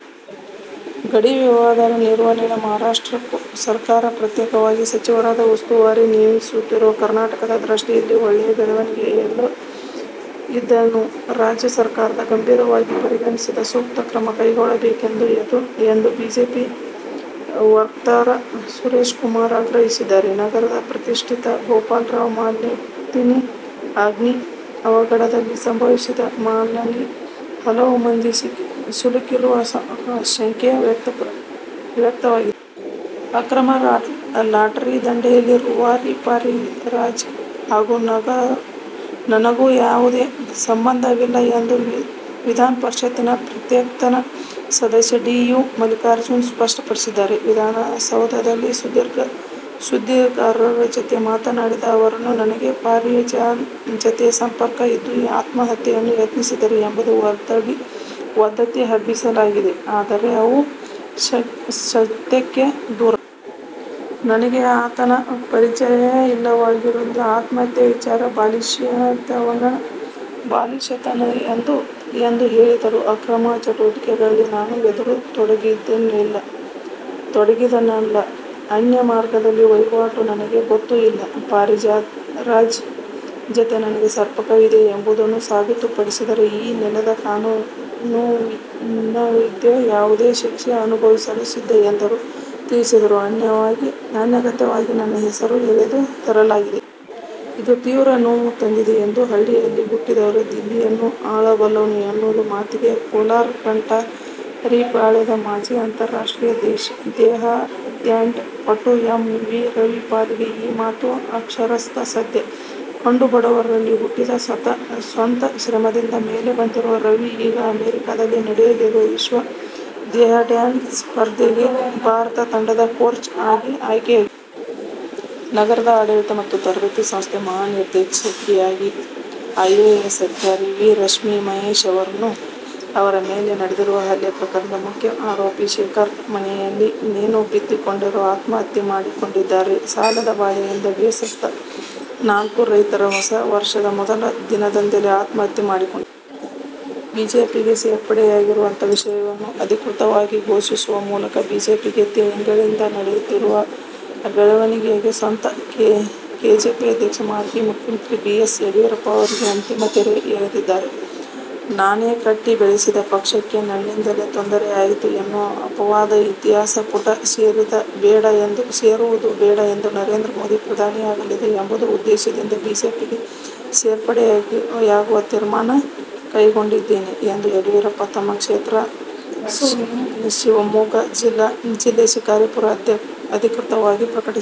ಗಡಿ ವಿವಾದದ ನಿರ್ವಹಣೆಗೆ ಮಹಾರಾಷ್ಟ್ರ ಸರಕಾರ ಪ್ರತ್ಯೇಕವಾಗಿ ಸಚಿವರನ್ನು ಉಸ್ತುವಾರಿಯಾಗಿ ನೇಮಿಸಿರುವುದು ಕರ್ನಾಟಕದ ದೃಷ್ಟಿಯಿಂದ ಒಳ್ಳೆಯ ಬೆಳವಣಿಗೆಯಲ್ಲ. ಇದನ್ನು ರಾಜ್ಯ ಸರಕಾರ ಗಂಭೀರವಾಗಿ ಪರಿಗಣಿಸಿ ಸೂಕ್ತ ಕ್ರಮ ಕೈಗೊಳ್ಳಬೇಕು ಎಂದು ಬಿಜೆಪಿ ವಕ್ತಾರ ಸುರೇಶಕುಮಾರ ಆಗ್ರಹಿಸಿದರು. ನಗರದ ಪ್ರತಿಷ್ಠಿತ ಗೋಪಾಲನ್ ಮಾಲ್ನಲ್ಲಿ ಅಗ್ನಿ ಅವಘಡ ಸಂಭವಿಸಿದ್ದು, ಮಾಲ್ನಲ್ಲಿ ಹಲವು ಮಂದಿ ಸಿಲುಕಿರುವ ಶಂಕೆ ವ್ಯಕ್ತವಾಗಿದೆ. ಅಕ್ರಮ ಲಾಟರಿ ದಂಧೆಯ ರೂವಾರಿ ಪಾರಿರಾಜನ್ ಹಾಗೂ ನನಗೂ ಯಾವುದೇ ಸಂಬಂಧವಿಲ್ಲ ಎಂದು ವಿಧಾನಪರಿಷತ್ನ ಪಕ್ಷೇತರ ಸದಸ್ಯ ಡಿ. ಯು. ಮಲ್ಲಿಕಾರ್ಜುನ್ ಸ್ಪಷ್ಟಪಡಿಸಿದ್ದಾರೆ. ವಿಧಾನಸೌಧದಲ್ಲಿ ಸುದ್ದಿಗಾರರ ಜತೆ ಮಾತನಾಡಿದ ಅವರು, ನನಗೆ ಪಾರಿರಾಜನ್ ಜತೆ ಸಂಪರ್ಕ ಇದ್ದು ಆತ್ಮಹತ್ಯೆಗೆ ಯತ್ನಿಸಿದ್ದೆ ಎಂಬ ವದಂತಿ ಹಬ್ಬಿಸಲಾಗಿದೆ. ಆದರೆ, ಅವು ಸತ್ಯಕ್ಕೆ ದೂರ. ನನಗೆ ಆತನ ಪರಿಚಯವೇ ಇಲ್ಲದಿರುವಾಗ ಆತ್ಮಹತ್ಯೆ ವಿಚಾರ ಬಾಲಿಶತನದ್ದು ಎಂದು ಹೇಳಿದರು. ಅಕ್ರಮ ಚಟುವಟಿಕೆಗಳಲ್ಲಿ ನಾನು ಎಂದೂ ತೊಡಗಿದವನಲ್ಲ. ಅನ್ಯ ಮಾರ್ಗದ ವಹಿವಾಟು ನನಗೆ ಗೊತ್ತೂ ಇಲ್ಲ. ಪಾರಿರಾಜನ್ ಜತೆ ನನಗೆ ಸಂಪರ್ಕವಿದೆ ಎಂಬುದನ್ನು ಸಾಬೀತುಪಡಿಸಿದರೆ ಈ ನೆಲದ ಕಾನೂನಿನನ್ವಯ ಯಾವುದೇ ಶಿಕ್ಷೆ ಅನುಭವಿಸಲು ಸಿದ್ಧ ಎಂದು ತಿಳಿಸಿದರು ಅನಗತ್ಯವಾಗಿ ನನ್ನ ಹೆಸರು ಎಳೆದು ತರಲಾಗಿದೆ. ಇದು ತೀವ್ರ ನೋವು ತಂದಿದೆ ಎಂದರು. ಹಳ್ಳಿಯಲ್ಲಿ ಹುಟ್ಟಿದವ ದಿಲ್ಲಿಯನ್ನೂ ಆಳಬಲ್ಲನು ಎನ್ನುವ ಮಾತಿದೆ. ಕೋಲಾರ ಕಠಾರಿಪಾಳ್ಯದ ಮಾಜಿ ಅಂತಾರಾಷ್ಟ್ರೀಯ ದೇಹದಾರ್ಢ್ಯ ಪಟು ಎ. ವಿ. ರವಿ ಪಾಲಿಗೆ ಈ ಮಾತು ಅಕ್ಷರಶಃ ಸತ್ಯ. ಕಡುಬಡತನದಲ್ಲಿ ಹುಟ್ಟಿ ಸ್ವಂತ ಶ್ರಮದಿಂದ ಮೇಲೆ ಬಂದಿರುವ ರವಿ ಈಗ ಅಮೆರಿಕದಲ್ಲಿ ನಡೆಯಲಿರುವ ವಿಶ್ವ ದೇಹದಾರ್ಢ್ಯ ಸ್ಪರ್ಧೆಗೆ ಭಾರತ ತಂಡದ ಕೋಚ್ ಆಗಿ ಆಯ್ಕೆಯಾಗಿದ್ದಾರೆ. ನಗರದ ಆಡಳಿತ ಮತ್ತು ತರಬೇತಿ ಸಂಸ್ಥೆಯ ಮಹಾನಿರ್ದೇಶಕಿಯಾಗಿದ್ದ ಐಎಎಸ್ಅಧಿಕಾರಿ ವಿ. ರಶ್ಮಿ ಮಹೇಶ್ ಅವರ ಮೇಲೆ ನಡೆದಿದ್ದ ಹಲ್ಲೆ ಪ್ರಕರಣದ ಪ್ರಮುಖ ಆರೋಪಿ ಶೇಖರ್ ಮನೆಯಲ್ಲಿ ನೇಣು ಬಿಗಿದುಕೊಂಡು ಆತ್ಮಹತ್ಯೆ ಮಾಡಿಕೊಂಡಿದ್ದಾರೆ. ಸಾಲಬಾಧೆಯಿಂದ ಬೇಸತ್ತ ನಾಲ್ವರು ರೈತರು ಹೊಸ ವರ್ಷದ ಮೊದಲ ದಿನದಂದೇ ಆತ್ಮಹತ್ಯೆ ಮಾಡಿಕೊಂಡಿದ್ದಾರೆ. ಬಿಜೆಪಿಗೆ ಸೇರ್ಪಡೆಯಾಗುತ್ತಿರುವ ವಿಷಯವನ್ನು ಅಧಿಕೃತವಾಗಿ ಘೋಷಿಸುವ ಮೂಲಕ ಬಿಜೆಪಿಗೆ ತಮ್ಮ ಮರು ಸೇರ್ಪಡೆ ಕುರಿತು ಕಳೆದ ಹಲವಾರು ತಿಂಗಳಿಂದ ನಡೆಯುತ್ತಿರುವ ಬೆಳವಣಿಗೆಗಳಿಗೆ ಸ್ವತಃ ಕೆಜೆಪಿ ಅಧ್ಯಕ್ಷ, ಮಾಜಿ ಮುಖ್ಯಮಂತ್ರಿ ಬಿ. ಎಸ್. ಯಡಿಯೂರಪ್ಪ ಅವರೇ ಅಂತಿಮ ತೆರೆ ಎಳೆದಿದ್ದಾರೆ. ''''''ನಾನೇ ಕಟ್ಟಿ ಬೆಳೆಸಿದ ಪಕ್ಷಕ್ಕೆ ನನ್ನಿಂದಲೇ ತೊಂದರೆ ಆಯಿತು ಎನ್ನುವ ಅಪವಾದ ಇತಿಹಾಸದ ಪುಟ ಸೇರುವುದು ಬೇಡ ಹಾಗೂ ನರೇಂದ್ರ ಮೋದಿ ಪ್ರಧಾನಿಯಾಗಲಿ ಎಂಬ ಉದ್ದೇಶದಿಂದ ಬಿಜೆಪಿಗೆ ಸೇರ್ಪಡೆಯಾಗುವ ತೀರ್ಮಾನ ಕೈಗೊಂಡಿದ್ದೇನೆ'' ಎಂದು ಯಡಿಯೂರಪ್ಪ ತಮ್ಮ ಸ್ವಕ್ಷೇತ್ರ ಶಿವಮೊಗ್ಗ ಜಿಲ್ಲೆ ಶಿಕಾರಿಪುರದಲ್ಲಿ ಅಧಿಕೃತವಾಗಿ ಪ್ರಕಟಿಸಿದ್ದಾರೆ.